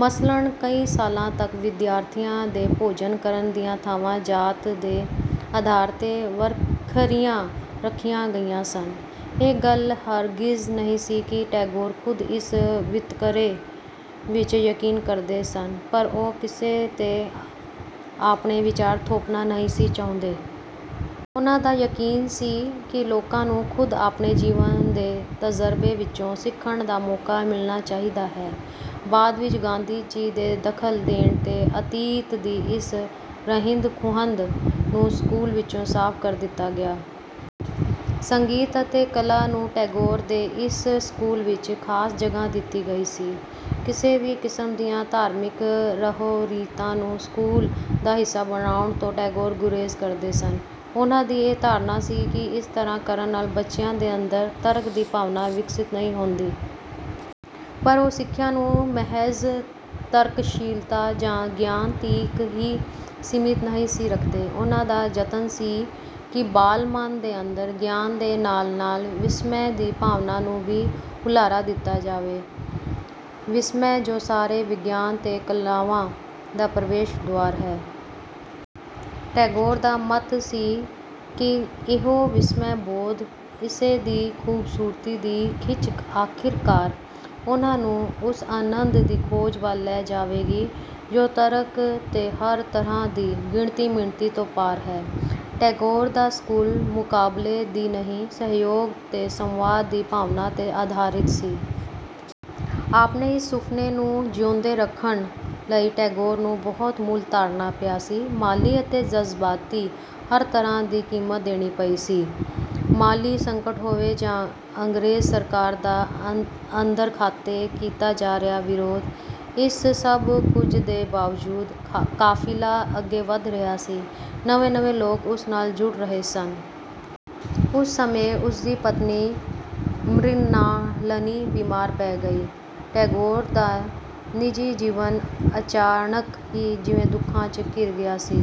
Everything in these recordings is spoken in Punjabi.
ਮਸਲਣ ਕਈ ਸਾਲਾਂ ਤਕ ਵਿਦਿਆਰਥੀਆਂ ਦੇ ਭੋਜਨ ਕਰਨ ਦੀਆਂ ਥਾਵਾਂ ਜਾਤ ਦੇ ਆਧਾਰ 'ਤੇ ਵਖਰੀਆਂ ਰੱਖੀਆਂ ਗਈਆਂ ਸਨ। ਇਹ ਗੱਲ ਹਰਗਿਜ਼ ਨਹੀਂ ਸੀ ਕਿ ਟੈਗੋਰ ਖੁਦ ਇਸ ਵਿਤਕਰੇ ਵਿੱਚ ਯਕੀਨ ਰਕਦੇ ਸਨ ਪਰ ਉਹ ਕਿਸੇ 'ਤੇ ਆਪਣੇ ਵਿਚਾਰ ਥੋਪਣਾ ਨਹੀਂ ਸੀ ਚਾਹੁੰਦੇ। ਉਨ੍ਹਾ ਦਾ ਯਕੀਨ ਸੀ ਕਿ ਲੋਕਾਂ ਨੂੰ ਖੁਦ ਆਪਣੇ ਜੀਵਨ ਦੇ ਤਜ਼ਰਬੇ ਵਿੱਚੋਂ ਸਿਖਣ ਦਾ ਮੌਕਾ ਮਿਲਣਾ ਚਾਹੀਦਾ ਹੈ। ਬਾਦ ਵਿੱਚ ਗਾਂਧੀ ਜੀ ਦੇ ਦਖਲ ਦੇਣ 'ਤੇ ਅਤੀਤ ਦੀ ਇਸ ਰਹਿਂਦ-ਖੂਂਹਦ ਨੂੰ ਸਕੂਲ ਵਿੱਚੋਂ ਸਾਫ਼ ਕਰ ਦਿੱਤਾ ਗਿਆ। ਸੰਗੀਤ ਅਤੇ ਕਲਾ ਨੂੰ ਟੈਗੋਰ ਦੇ ਇਸ ਸਕੂਲ ਵਿੱਚ ਖਾਸ ਜਗਾਹ ਦਿੱਤੀ ਗਈ ਸੀ। ਕਿਸੇ ਵੀ ਕਿਸਮ ਦੀਆਂ ਧਾਰਮਿਕ ਰਹੁ-ਰੀਤਾਂ ਨੂੰ ਸਕੂਲ ਦਾ ਹਿਸਾ ਬਣਾਉਣ ਤੋਂ ਟੈਗੋਰ ਗੁਰੇਜ਼ ਕਰਦੇ ਸਨ। ਉਹਨਾ ਦੀ ਇਹ ਧਾਰਣਾ ਸੀ ਕਿ ਇਸ ਤਰ੍ਹਾਂ ਕਰਨ ਨਾਲ ਬੱਚਿਆਂ ਦੇ ਅੰਦਰ ਤਰਕ ਦੀ ਭਾਵਨਾ ਵਿਕਸਤ ਨਹੀਂ ਹੁੰਦੀ। ਪਰ ਉਹ ਸਿਖਿਆ ਨੂੰ ਮਹਿਜ਼ ਤਰਕਸ਼ੀਲਤਾ ਜਾਂ ਗਿਆਨ ਤੀਕ ਹੀ ਸੀਮਿਤ ਨਹੀਂ ਸੀ ਰਖਦੇ। ਉਨ੍ਹਾ ਦਾ ਜਤਨ ਸੀ ਕਿ ਬਾਲ ਮਨ ਦੇ ਅੰਦਰ ਗਿਆਨ ਦੇ ਨਾਲ-ਨਾਲ ਵਿਸਮੈ ਦੀ ਭਾਵਨਾ ਨੂੰ ਵੀ ਹੁਲਾਰਾ ਦਿੱਤਾ ਜਾਵੇ--ਵਿਸਮੈ ਜੋ ਸਾਰੇ ਵਿਗਿਆਨ ਤੇ ਕਲਾਵਾਂ ਦਾ ਪ੍ਰਵੇਸ਼ ਦੁਆਰ ਹੈ। ਟੈਗੋਰ ਦਾ ਮਤ ਸੀ ਕਿ ਇਹੋ ਵਿਸਮੈ-ਬੋਧ, ਇਸੇ ਦੀ ਖੂਬਸੂਰਤੀ ਦੀ ਖਿੱਚ ਆਖਿਰਕਾਰ ਉਨ੍ਹਾਂ ਨੂੰ ਉਸ ਅਨੰਤ ਦੀ ਖੋਜ ਵੱਲ ਲੈ ਜਾਵੇਗੀ ਜੋ ਤਰਕ ਤੇ ਹਰ ਤਰ੍ਹਾਂ ਦੀ ਗਿਣਤੀ-ਮਿਣਤੀ ਤੋਂ ਪਾਰ ਹੈ। ਟੈਗੋਰ ਦਾ ਸਕੂਲ਼ ਮੁਕਾਬਲੇ ਦੀ ਨਹੀਂ ਸਹਿਯੋਗ ਤੇ ਸੰਵਾਦ ਦੀ ਭਾਵਨਾ 'ਤੇ ਆਧਾਰਿਤ ਸੀ। ਆਪਣੇ ਇਸ ਸੁਫ਼ਨੇ ਨੂੰ ਜਿਉਂਦੇ ਰਖਣ ਲਈ ਟੈਗੋਰ ਨੂੰ ਬਹੁਤ ਮੁੱਲ ਤਾਰਣਾ ਪਿਆ ਸੀ, ਮਾਲੀ ਅਤੇ ਜਜ਼ਬਾਤੀ ਹਰ ਤਰ੍ਹਾਂ ਦੀ ਕੀਮਤ ਦੇਣੀ ਪਈ ਸੀ। ਮਾਲੀ ਸੰਕਟ ਹੋਵੇ ਜਾਂ ਅੰਗਰੇਜ਼ ਸਰਕਾਰ ਦਾ ਅੰਦਰਖਾਤੇ ਕੀਤਾ ਜਾ ਰਿਹਾ ਵਿਰੋਧ, ਇਸ ਸਭ ਕੁਝ ਦੇ ਬਾਵਜੂਦ ਕਾਫ਼ਿਲਾ ਅੱਗੇ ਵਧ ਰਿਹਾ ਸੀ, ਨਵੇਂ-ਨਵੇਂ ਲੋਕ ਉਸ ਨਾਲ ਜੁੜ ਰਹੇ ਸਨ। ਉਸੇ ਸਮੇਂ ਉਸਦੀ ਪਤਨੀ ਮ੍ਰਿਣਾਲਨੀ ਬੀਮਾਰ ਪੈ ਗਈ। ਟੈਗੋਰ ਦਾ ਨਿਜੀ ਜੀਵਨ ਅਚਾਣਕ ਹੀ ਜਿਵੇਂ ਦੁਖਾਂ 'ਚ ਘਿਰ ਗਿਆ ਸੀ।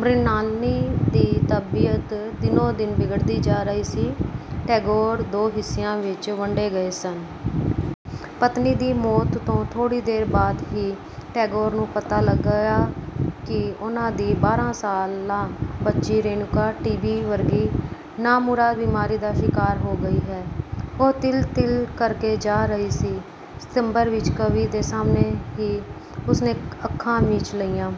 ਮ੍ਰਿਣਾਲਨੀ ਦੀ ਤਬੀਅਤ ਦਿਨੋ-ਦਿਨ ਬਿਗੜਦੀ ਜਾ ਰਹੀ ਸੀ, ਟੈਗੋਰ ਦੋ ਹਿੱਸਿਆਂ ਵਿੱਚ ਵੰਡੇ ਗਏ ਸਨ। ਪਤਨੀ ਦੀ ਮੌਤ ਤੋਂ ਥੋੜੀ ਦੇਰ ਬਾਦ ਹੀ ਟੈਗੋਰ ਨੂੰ ਪਤਾ ਲਗਿਆ ਕਿ ਉਨ੍ਹਾ ਦੀ ਬਾਰ੍ਹਾਂ ਸਾਲਾ ਬੱਚੀ ਰੇਣੂਕਾ ਟੀ. ਬੀ ਵਰਗੀ ਨਾਮੁਰਾਦ ਬੀਮਾਰੀ ਦਾ ਸ਼ਿਕਾਰ ਹੋ ਗਈ ਹੈ। ਉਹ ਤਿਲ-ਤਿਲ ਕਰਕੇ ਜਾ ਰਹੀ ਸੀ, ਸਿਤੰਬਰ ਵਿੱਚ ਕਵੀ ਦੇ ਸਾਹਮਣੇ ਹੀ ਉਸਨੇ ਅੱਖਾਂ ਮੀਚ ਲਈਆਂ।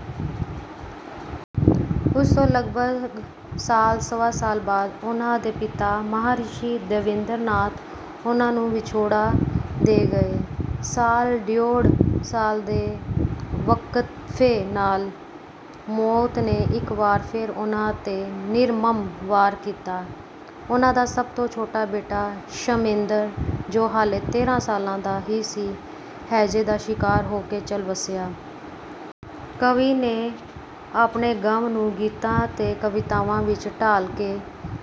ਉਸ ਤੋਂ ਲਗਭਗ ਸਾਲ-ਸਵਾ ਸਾਲ ਬਾਦ ਉਨ੍ਹਾ ਦੇ ਪਿਤਾ ਮਹਾਰਿਸ਼ੀ ਦੇਵਿੰਦਰਨਾਥ ਉਨ੍ਹਾ ਨੂੰ ਵਿਛੋੜਾ ਦੇ ਗਏ। ਸਾਲ-ਡਿਉੜ ਸਾਲ ਦੇ ਵਕਫ਼ੇ ਨਾਲ ਮੌਤ ਨੇ ਇੱਕ ਵਾਰ ਫੇਰ ਉਨ੍ਹਾ 'ਤੇ ਨਿਰਮਮ ਵਾਰ ਕੀਤਾ। ਉਨ੍ਹਾ ਦਾ ਸਭ ਤੋਂ ਛੋਟਾ ਬੇਟਾ ਸ਼ਮੇਂਦਰ, ਜੋ ਹਾਲੇ ਤੇਰ੍ਹਾਂ ਸਾਲਾਂ ਦਾ ਹੀ ਸੀ, ਹੈਜੇ ਦਾ ਸ਼ਿਕਾਰ ਹੋ ਕੇ ਚਲ ਵਸਿਆ। ਕਵੀ ਨੇ ਆਪਣੇ ਗਮ ਨੂੰ ਗੀਤਾਂ ਤੇ ਕਵਿਤਾਵਾਂ ਵਿੱਚ ਢਾਲ ਕੇ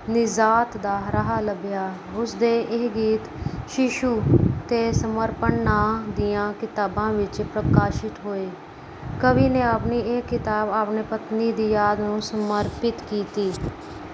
ਨਿਜ਼ਾਤ ਦਾ ਰਾਹ ਲੱਭਿਆ। ਉਸਦੇ ਇਹ ਗੀਤ "ਸ਼ਿਸ਼ੂ" ਤੇ "ਸਮਰਪਣ" ਨਾਂ ਦੀਆਂ ਕਿਤਾਬਾਂ ਵਿੱਚ ਪ੍ਰਕਾਸ਼ਿਤ ਹੋਏ। ਕਵੀ ਨੇ ਆਪਣੀ ਇਹ ਕਿਤਾਬ ਆਪਣੀ ਪਤਨੀ ਦੀ ਯਾਦ ਨੂੰ ਸਮਰਪਿਤ ਕੀਤੀ।